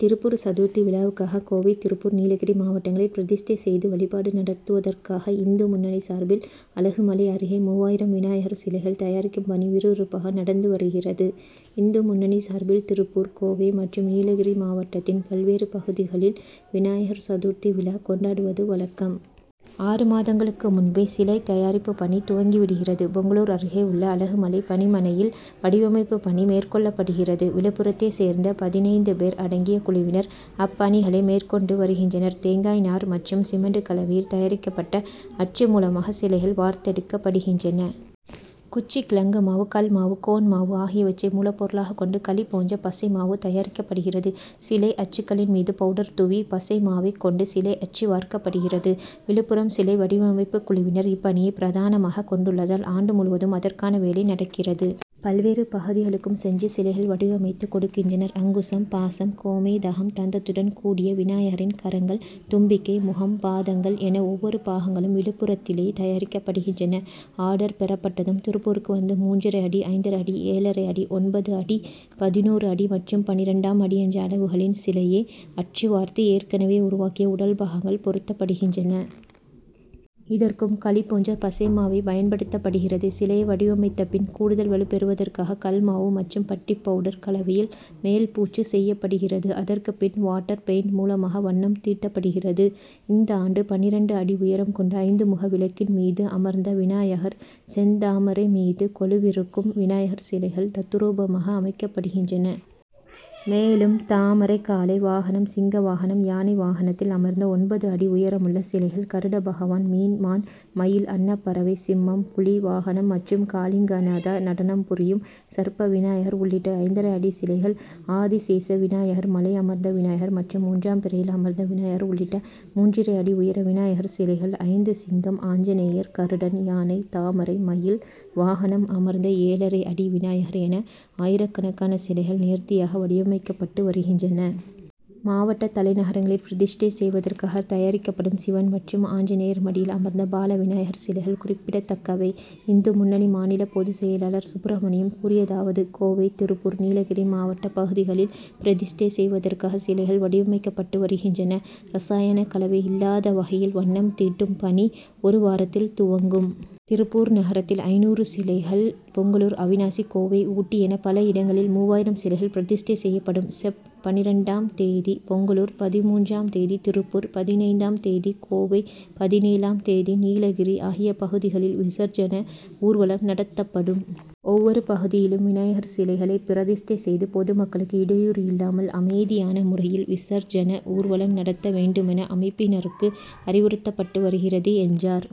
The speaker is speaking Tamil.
திருப்பூர் சதுர்த்தி விழாவுக்காக, கோவை, திருப்பூர், நீலகிரி மாவட்டங்களில் பிரதிஷ்டை செய்து வழிபாடு நடத்துவதற்காக, இந்து முன்னணி சார்பில் அலகுமலை அருகே மூவாயிரம் விநாயகர் சிலைகள் தயாரிக்கும் பணி விறுவிறுப்பாக நடந்து வருகிறது. இந்து முன்னணி சார்பில், திருப்பூர், கோவை மற்றும் நீலகிரி மாவட்டத்தின் பல்வேறு பகுதிகளில் விநாயகர் சதுர்த்தி விழா கொண்டாடுவது வழக்கம். ஆறு மாதங்களுக்கு முன்பே, சிலை தயாரிப்பு பணி துவங்கி விடுகிறது. பொங்கலூர் அருகே உள்ள அலகுமலை பணிமனையில், வடிவமைப்பு பணி மேற் கொள்ளப்படுகிறது. விழுப்புரத்தைச் சேர்ந்த பதினைந்து பேர் அடங்கிய குழுவினர், அப்பணிகளை மேற்கொண்டு வருகின்றனர். தேங்காய் நார் மற்றும் சிமென்ட் கல வையில் தயாரிக்கப்பட்ட அச்சு மூலமாக சிலைகள் வார்த்தெடுக்கப்படுகின்றன. குச்சிக்கிழங்கு மாவு, கல் மாவு, கோன் மாவு ஆகியவற்றை மூலப்பொருளாக கொண்டு, களி போன்ற பசை மாவு தயாரிக்கப்படுகிறது. சிலை அச்சுக்களின் மீது பவுடர் தூவி, பசை மாவைக் கொண்டு சிலை அச்சு வார்க்கப்படுகிறது. விழுப்புரம் சிலை வடிவமைப்பு குழுவினர், இப்பணியை பிரதானமாக கொண் டுள்ளதால், ஆண்டு முழுவதும் அதற்கான வேலை நடக்கிறது. பல்வேறு பகுதிகளுக்கும் சென்று சிலைகள் வடிவமைத்து கொடுக்கின்றனர். அங்குசம், பாசம், கோமேதகம், தந்தத்துடன் கூடிய விநாயகரின் கரங்கள், தும்பிக்கை, முகம், பாதங் கள் என, ஒவ்வொரு பாகங்களும் விழுப் புரத்திலேயே தயாரிக்கப்படுகின்றன. ஆர்டர் பெறப்பட்டதும், திருப்பூருக்கு வந்து மூன்றரை அடி, ஐந்தரை அடி, ஏழரை அடி, ஒன்பது அடி, பதினொரு அடி மற்றும் பன்னிரண்டாம் அடி என்ற அளவுகளில் சிலையை அச்சு வார்த்து, ஏற்க னவே உருவாக்கிய உடல் பாகங்கள் பொருத் தப்படுகின்றன. இதற்கும், களி போன்ற பசைமாவே பயன்படுத்தப்படுகிறது. சிலையை வடிவமைத்த பின், கூடுதல் வலுப்பெறுவதற்காக கல் மாவு மற்றும் பட்டிப்பவுடர் கலவையில் மேல்பூச்சு செய்யப்படுகிறது. அதற்குப்பின், வாட்டர் பெயிண்ட் மூலமாக வண்ணம் தீட்டப்படுகிறது. இந்தாண்டு, பன்னிரண்டு அடி உயரம் கொண்ட ஐந்துமுக விளக்கின் மீது அமர்ந்த விநாயகர், செந்தாமரை மீது கொலுவிருக்கும் விநாயகர் சிலைகள் தத்ரூபமாக அமைக்கப்படுகின்றன. மேலும், தாமரை, காளை வாகனம், சிங்க வாகனம், யானை வாகனத்தில் அமர்ந்த ஒன்பது அடி உயரமுள்ள சிலைகள்; கருடபகவான், மீன், மான், மயில், அன்னப்பறவை, சிம்மம், புலி வாகனம் மற்றும் காளிங்கநாத நடனம் புரியும் சர்ப்ப விநாயகர் உள்ளிட்ட ஐந்தரை அடி சிலைகள். ஆதிசேஷ விநாயகர், மலை அமர்ந்த விநாயகர் மற்றும் மூன்றாம் பிறையில் அமர்ந்த விநாயகர் உள்ளிட்ட மூன்றரை அடி உயர விநாயகர் சிலைகள் ஐந்து சிங்கம், ஆஞ்சநேயர், கருடன், யானை, தாமரை, மயில் வாகனம் அமர்ந்த ஏழரை அடி விநாயகர் என, ஆயிரக்கணக்கான சிலைகள் நேர்த்தியாக வடிவமைக்கப்பட்டு வருகின்றன. மாவட்ட தலைநகரங்களில் பிரதிஷ்டை செய்வதற்காக தயாரிக்கப் படும் சிவன் மற்றும் ஆஞ்சநேயர் மடியில் அமர்ந்த பாலவிநாயகர் சிலைகள் குறிப் பிடத்தக்கவை. இந்து முன்னணி மாநில பொது செயலாளர் சுப்ரமணியம் கூறியதாவது கோவை, திருப்பூர், நீலகிரி மாவட்ட பகுதிகளில் பிரதிஷ்டை செய்வதற்காக சிலைகள் வடிவமைக்கப்பட்டு வருகின்றன. ரசாயன கலவை இல்லாத வகையில், வண்ணம் தீட்டும் பணி, ஒரு வாரத்தில் துவங்கும். திருப்பூர் நகரத்தில் ஐந்நூறு சிலைகள், பொங்கலூர், அவிநாசி, கோவை, ஊட்டி என பல இடங்களில் மூவாயிரம் சிலைகள் பிரதிஷ்டை செய்யப்படும். செப்., பன்னிரண்டாம் தேதி பொங்கலூர், பதின்மூன்றாம் தேதி திருப்பூர், பதினைந்தாம் தேதி கோவை, பதினேழாம் தேதி நீலகிரி ஆகிய பகுதிகளில் விசர்ஜன ஊர்வலம் நடத்தப்படும். ஒவ்வொரு பகுதியிலும், விநாயகர் சிலைகளை பிர திஷ்டை செய்து, பொதுமக்களுக்கு இடையூறு இல்லாமல், அமைதியான முறையில் விசர்ஜன ஊர்வலம் நடத்த வேண்டுமென, அமைப்பினருக்கு அறிவுறுத்தப்பட்டு வருகிறது, என்றார்.